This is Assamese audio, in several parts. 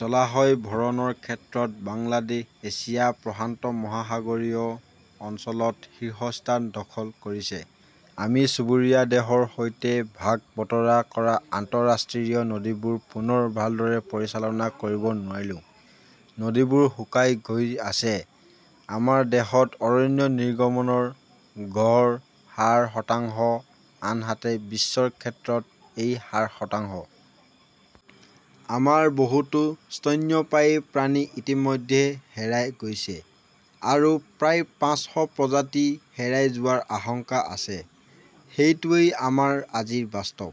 জলাশয় ভৰণৰ ক্ষেত্ৰত বাংলাদেশ এছিয়া-প্ৰশান্ত মহাসাগৰীয় অঞ্চলত শীৰ্ষস্থান দখল কৰিছে। আমি চুবুৰীয়া দেশৰ সৈতে ভাগ বতৰা কৰা আন্তঃৰাষ্ট্ৰীয় নদীবোৰ পুনৰ ভালদৰে পৰিচালনা কৰিব নোৱাৰিলো। নদীবোৰ শুকাই গৈ আছে। আমাৰ দেশত অৰণ্য নিৰ্গমনৰ গড় হাৰ শতাংশ, আনহাতে বিশ্বৰ ক্ষেত্ৰত এই হাৰ শতাংশ। আমাৰ বহুতো স্তন্যপায়ী প্ৰাণী ইতিমধ্যে হেৰাই গৈছে। আৰু প্ৰায় পাঁচশ প্ৰজাতি হেৰাই যোৱাৰ আশংকা আছে। সেইটোৱেই আমাৰ আজিৰ বাস্তৱ।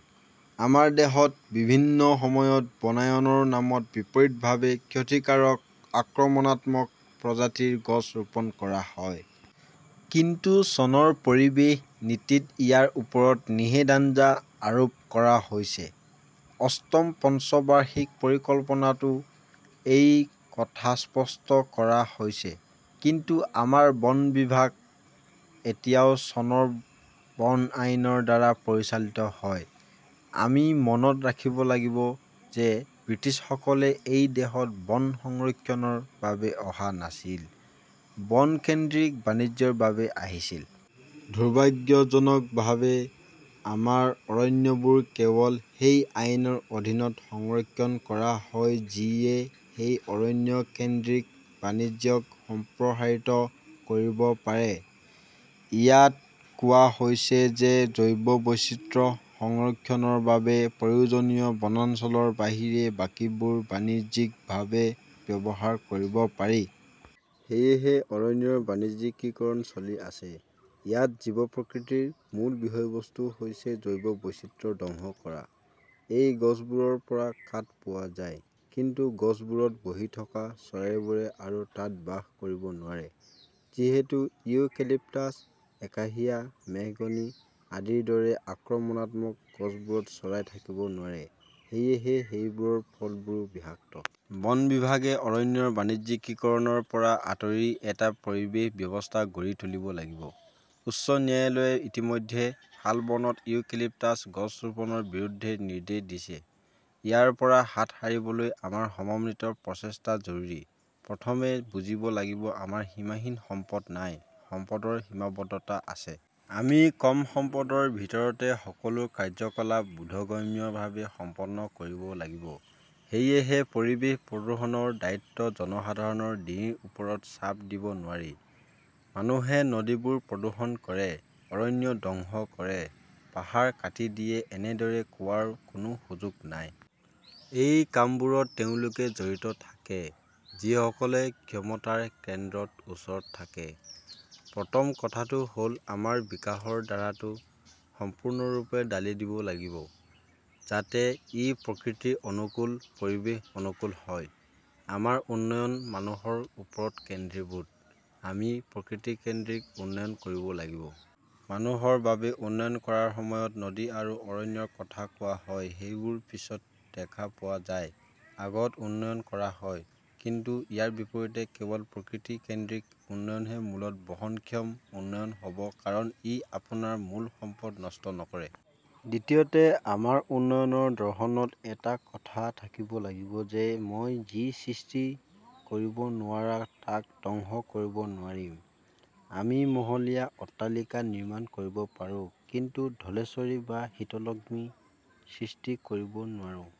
আমাৰ দেশত বিভিন্ন সময়ত বনায়নৰ নামত বিপৰীতভাৱে ক্ষতিকাৰক আক্ৰমণাত্মক প্ৰজাতিৰ গছ ৰোপণ কৰা হয়। কিন্তু চনৰ পৰিৱেশ নীতিত ইয়াৰ ওপৰত নিষেধাজ্ঞা আৰোপ কৰা হৈছে। অষ্টম পঞ্চবাৰ্ষিক পৰিকল্পনাতও এই কথা স্পষ্ট কৰা হৈছে। কিন্তু আমাৰ বন বিভাগ এতিয়াও চনৰ বন আইনৰ দ্বাৰা পৰিচালিত হয়। আমি মনত ৰাখিব লাগিব যে ব্ৰিটিছসকলে এই দেশত বন সংৰক্ষণৰ বাবে অহা নাছিল, বন-কেন্দ্ৰিক বাণিজ্যৰ বাবে আহিছিল। দুৰ্ভাগ্যজনকভাৱে, আমাৰ অৰণ্যবোৰ কেৱল সেই আইনৰ অধীনত সংৰক্ষণ কৰা হয় যিয়ে সেই অৰণ্য-কেন্দ্ৰিক বাণিজ্যক সম্প্ৰসাৰিত কৰিব পাৰে। ইয়াত কোৱা হৈছে যে জৈৱ বৈচিত্ৰ্য সংৰক্ষণৰ বাবে প্ৰয়োজনীয় বনাঞ্চলৰ বাহিৰে বাকীবোৰ বাণিজ্যিকভাৱে ব্যৱহাৰ কৰিব পাৰি। সেয়েহে, অৰণ্যৰ বাণিজ্যিকীকৰণ চলি আছে। ইয়াত জীৱ-প্ৰকৃতিৰ মূল বিষয়বস্তু হৈছে জৈৱ বৈচিত্ৰ্য ধ্বংস কৰা। এই গছবোৰৰ পৰা কাঠ পোৱা যায়; কিন্তু গছবোৰত বহি থকা চৰাইবোৰে আৰু তাত বাস কৰিব নোৱাৰে। যিহেতু ইউকেলিপ্টাছ, একাসিয়া, মেহগনি আদিৰ দৰে আক্ৰমণাত্মক গছবোৰত চৰাই থাকিব নোৱাৰে, সেয়েহে সেইবোৰৰ ফলবোৰো বিষাক্ত। বন বিভাগে অৰণ্যৰ বাণিজ্যিকীকৰণৰ পৰা আঁতৰি এটা পৰিৱেশ ব্যৱস্থা গঢ়ি তুলিব লাগিব। উচ্চ ন্যায়ালয়ে ইতিমধ্যে শালবনত ইউকেলিপ্টাছ গছ ৰোপণৰ বিৰুদ্ধে নিৰ্দেশ দিছে। ইয়াৰ পৰা হাত সাৰিবলৈ আমাৰ সমন্বিত প্ৰচেষ্টা জৰুৰী। প্ৰথমে বুজিব লাগিব-আমাৰ সীমাহীন সম্পদ নাই, সম্পদৰ সীমাবদ্ধতা আছে। আমি কম সম্পদৰ ভিতৰতে সকলো কাৰ্যকলাপ বোধগম্যভাৱে সম্পন্ন কৰিব লাগিব। সেয়েহে পৰিৱেশ প্ৰদূষণৰ দায়িত্ব জনসাধাৰণৰ ডিঙিৰ ওপৰত চাপ দিব নোৱাৰি। মানুহে নদীবোৰ প্ৰদূষণ কৰে, অৰণ্য ধ্বংস কৰে, পাহাৰ কাটি দিয়ে-এনেদৰে কোৱাৰ কোনো সুযোগ নাই। এই কামবোৰত তেওঁলোক জড়িত থাকে, যিসকলে ক্ষমতাৰ কেন্দ্ৰৰ ওচৰত থাকে। প্ৰথম কথাটো হ 'ল-আমাৰ বিকাশৰ ধাৰাটো সম্পূৰ্ণৰূপে ঢালি দিব লাগিব, যাতে ই প্ৰকৃতি অনুকূল, পৰিৱেশ-অনুকূল হয়। আমাৰ উন্নয়ন মানুহৰ ওপৰত কেন্দ্ৰীভূত। আমি প্ৰকৃতি-কেন্দ্ৰিক উন্নয়ন কৰিব লাগিব। মানুহৰ বাবে উন্নয়ন কৰাৰ সময়ত নদী আৰু অৰণ্যৰ কথা কোৱা হয়-সেইবোৰ পিছত দেখা পোৱা যায়, আগতে উন্নয়ন কৰা হয়। কিন্তু ইয়াৰ বিপৰীতে, কেৱল প্ৰকৃতি-কেন্দ্ৰিক উন্নয়নহে মূলতঃ বহনক্ষম উন্নয়ন হ 'ব। কাৰণ ই আপোনাৰ মূল সম্পদ নষ্ট নকৰে। দ্বিতীয়তে, আমাৰ উন্নয়নৰ দৰ্শনত এই কথা থাকিব লাগিব যে মই যি সৃষ্টি কৰিব নোৱাৰো তাক ধ্বংস কৰিব নোৱাৰিম। আমি মহলীয়া অট্টালিকা নিৰ্মাণ কৰিব পাৰোঁ; কিন্তু ধলেশ্বৰী বা শীতলক্ষ্মী সৃষ্টি কৰিব নোৱাৰোঁ।